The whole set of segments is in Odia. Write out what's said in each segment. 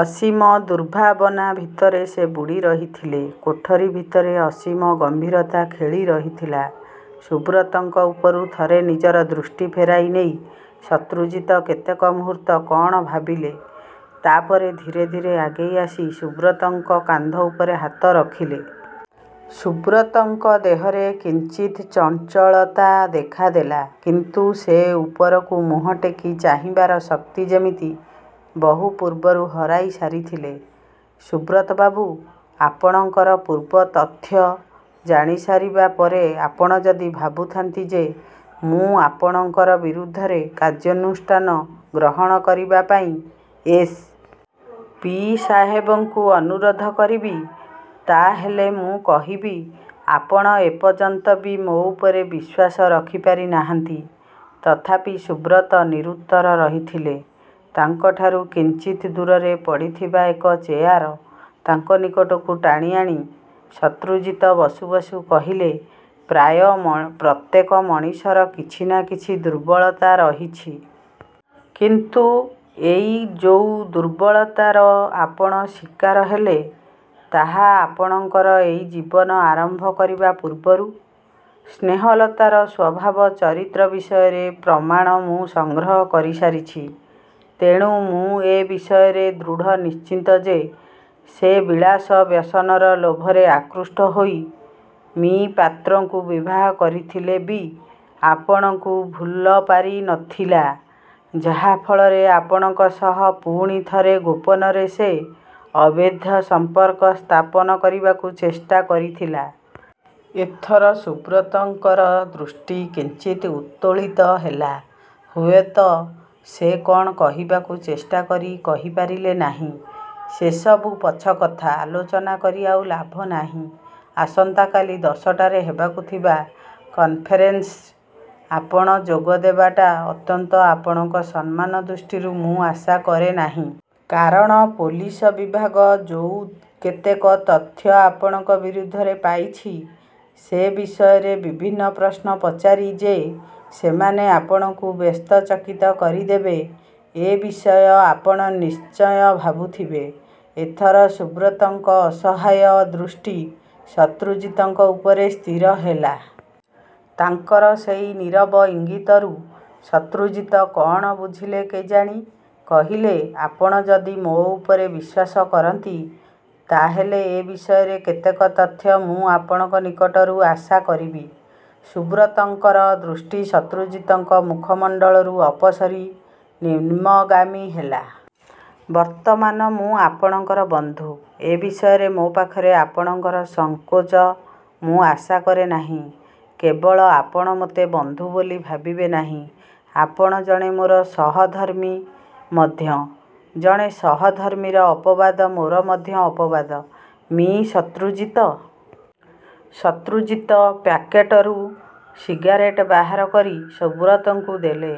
ଅସୀମ ଦୁର୍ଭାବନା ଭିତରେ ସେ ବୁଡ଼ି ରହିଥିଲେ। କୋଠରି ଭିତରେ ଅସୀମ ଗମ୍ଭୀରତା ଖେଳି ରହିଥିଲା। ସୁବ୍ରତଙ୍କ ଉପରୁ ଥରେ ନିଜର ଦୃଷ୍ଟି ଫେରାଇ ନେଇ ଶତ୍ରୁଜିତ କେତେକ ମୁହୂର୍ତ୍ତ କ'ଣ ଭାବିଲେ। ତା'ପରେ ଧୀରେ ଧୀରେ ଆଗେଇ ଆସି ସୁବ୍ରତଙ୍କ କାନ୍ଧ ଉପରେ ହାତ ରଖିଲେ। ସୁବ୍ରତଙ୍କ ଦେହରେ କିଞ୍ଚିତ୍ ଚଞ୍ଚଳତା ଦେଖାଦେଲା। କିନ୍ତୁ ସେ ଉପରକୁ ମୁହଁ ଟେକି ଚାହିଁବାର ଶକ୍ତି ଯେମିତି ବହୁ ପୂର୍ବରୁ ହରାଇ ସାରିଥିଲେ। 'ସୁବ୍ରତବାବୁ, ଆପଣଙ୍କର ପୂର୍ବ ତଥ୍ୟ ଜାଣିସାରିବା ପରେ ଆପଣ ଯଦି ଭାବୁଥାନ୍ତି ଯେ ମୁଁ ଆପଣଙ୍କର ବିରୁଦ୍ଧରେ କାର୍ଯ୍ୟାନୁଷ୍ଠାନ ଗ୍ରହଣ କରିବାପାଇଁ ଏସ୍. ପି. ସାହେବଙ୍କୁ ଅନୁରୋଧ କରିବି, ତା'ହେଲେ ମୁଁ କହିବି, ଆପଣ ଏପର୍ଯ୍ୟନ୍ତ ବି ମୋ ଉପରେ ବିଶ୍ୱାସ ରଖିପାରିନାହାନ୍ତି। ' ତଥାପି ସୁବ୍ରତ ନିରୁତ୍ତର ରହିଥିଲେ। ତାଙ୍କଠାରୁ କିଞ୍ଚିତ୍ ଦୂରରେ ପଡ଼ିଥିବା ଏକ ଚେୟାର ତାଙ୍କ ନିକଟକୁ ଟାଣି ଆଣି ଶତ୍ରୁଜିତ ବସୁ ବସୁ କହିଲେ, 'ପ୍ରାୟ ପ୍ରତ୍ୟେକ ମଣିଷର କିଛି ନା କିଛି ଦୁର୍ବଳତା ରହିଛି। କିନ୍ତୁ ଏଇ ଯୋଉ ଦୁର୍ବଳତାର ଆପଣ ଶିକାର ହେଲେ, ତାହା ଆପଣଙ୍କର ଏଇ ଜୀବନ ଆରମ୍ଭ କରିବା ପୂର୍ବରୁ। ସ୍ନେହଲତାର ସ୍ୱଭାବ ଚରିତ୍ର ବିଷୟରେ ପ୍ରମାଣ ମୁଁ ସଂଗ୍ରହ କରିସାରିଛି। ତେଣୁ ମୁଁ ଏ ବିଷୟରେ ଦୃଢ଼ ନିଶ୍ଚିତ ଯେ ସେ ବିଳାସ ବ୍ୟସନର ଲୋଭରେ ଆକୃଷ୍ଟ ହୋଇ ମି: ପାତ୍ରଙ୍କୁ ବିବାହ କରିଥିଲେ ବି ଆପଣଙ୍କୁ ଭୁଲ ପାରି ନଥିଲା, ଯାହା ଫଳରେ ଆପଣଙ୍କ ସହ ପୁଣି ଥରେ ଗୋପନରେ ସେ ଅବୈଧ ସଂପର୍କ ସ୍ଥାପନ କରିବାକୁ ଚେଷ୍ଟା କରିଥିଲା। ' ଏଥର ସୁବ୍ରତଙ୍କର ଦୃଷ୍ଟି କିଞ୍ଚିତ୍ ଉତ୍ତୋଳିତ ହେଲା। ହୁଏତ ସେ କ'ଣ କହିବାକୁ ଚେଷ୍ଟା କରି କହି ପାରିଲେ ନାହିଁ। 'ସେସବୁ ପଛକଥା ଆଲୋଚନା କରି ଆଉ ଲାଭ ନାହିଁ। ଆସନ୍ତା କାଲି ଦଶଟାରେ ହେବାକୁ ଥିବା କନ୍ଫରେନସ୍ରେ ଆପଣ ଯୋଗ ଦେବାଟା ଅନ୍ତତଃ ଆପଣଙ୍କ ସମ୍ମାନ ଦୃଷ୍ଟିରୁ ମୁଁ ଆଶା କରେ ନାହିଁ। କାରଣ ପୋଲିସ ବିଭାଗ ଯୋଉ କେତେକ ତଥ୍ୟ ଆପଣଙ୍କ ବିରୁଦ୍ଧରେ ପାଇଛି, ସେ ବିଷୟରେ ବିଭିନ୍ନ ପ୍ରଶ୍ନ ପଚାରି ଯେ ସେମାନେ ଆପଣଙ୍କୁ ବ୍ୟସ୍ତ ଚକିତ କରିଦେବେ ଏ ବିଷୟ ଆପଣ ନିଶ୍ଚୟ ଭାବୁଥିବେ। ' ଏଥର ସୁବ୍ରତଙ୍କ ଅସହାୟ ଦୃଷ୍ଟି ଶତ୍ରୁଜିତଙ୍କ ଉପରେ ସ୍ଥିର ହେଲା। ତାଙ୍କର ସେଇ ନୀରବ ଇଙ୍ଗିତରୁ ଶତ୍ରୁଜିତ କ'ଣ ବୁଝିଲେ କେଜାଣି କହିଲେ, 'ଆପଣ ଯଦି ମୋ ଉପରେ ବିଶ୍ୱାସ କରନ୍ତି, ତା'ହେଲେ ଏ ବିଷୟରେ କେତେକ ତଥ୍ୟ ମୁଁ ଆପଣଙ୍କ ନିକଟରୁ ଆଶା କରିବି। ' ସୁବ୍ରତଙ୍କର ଦୃଷ୍ଟି ଶତ୍ରୁଜିତଙ୍କ ମୁଖମଣ୍ଡଳରୁ ଅପସରି ନିମ୍ନଗାମୀ ହେଲା। 'ବର୍ତ୍ତମାନ ମୁଁ ଆପଣଙ୍କର ବନ୍ଧୁ। ଏ ବିଷୟରେ ମୋ ପାଖରେ ଆପଣଙ୍କର ସଂକୋଚ ମୁଁ ଆଶା କରେ ନାହିଁ। କେବଳ ଆପଣ ମୋତେ ବନ୍ଧୁ ବୋଲି ଭାବିବେ ନାହିଁ। ଆପଣ ଜଣେ ମୋର ସମଧର୍ମୀ ମଧ୍ୟ। ଜଣେ ସମଧର୍ମୀର ଅପବାଦ ମୋର ମଧ୍ୟ ଅପବାଦ। ' 'ମି: ଶତ୍ରୁଜିତ! ' ଶତ୍ରୁଜିତ ପ୍ୟାକେଟରୁ ସିଗାରେଟ ବାହାର କରି ସୁବ୍ରତଙ୍କୁ ଦେଲେ।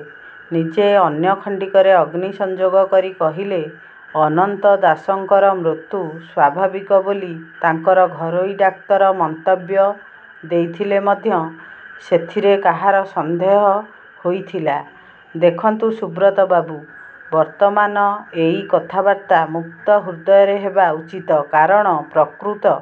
ନିଜେ ଅନ୍ୟ ଖଣ୍ଡିକରେ ଅଗ୍ନି ସଂଯୋଗ କରି କହିଲେ, 'ଅନନ୍ତ ଦାସଙ୍କର ମୃତ୍ୟୁ ସ୍ୱାଭାବିକ ବୋଲି ତାଙ୍କର ଘରୋଇ ଡାକ୍ତର ମନ୍ତବ୍ୟ ଦେଇଥିଲେ ମଧ୍ୟ ସେଥିରେ କାହାର ସନ୍ଦେହ ହୋଇଥିଲା? ଦେଖନ୍ତୁ ସୁବ୍ରତବାବୁ ବର୍ତ୍ତମାନ ଏଇ କଥାବାର୍ତ୍ତା ମୁକ୍ତ ହୃଦୟରେ ହେବା ଉଚିତ। କାରଣ ପ୍ରକୃତ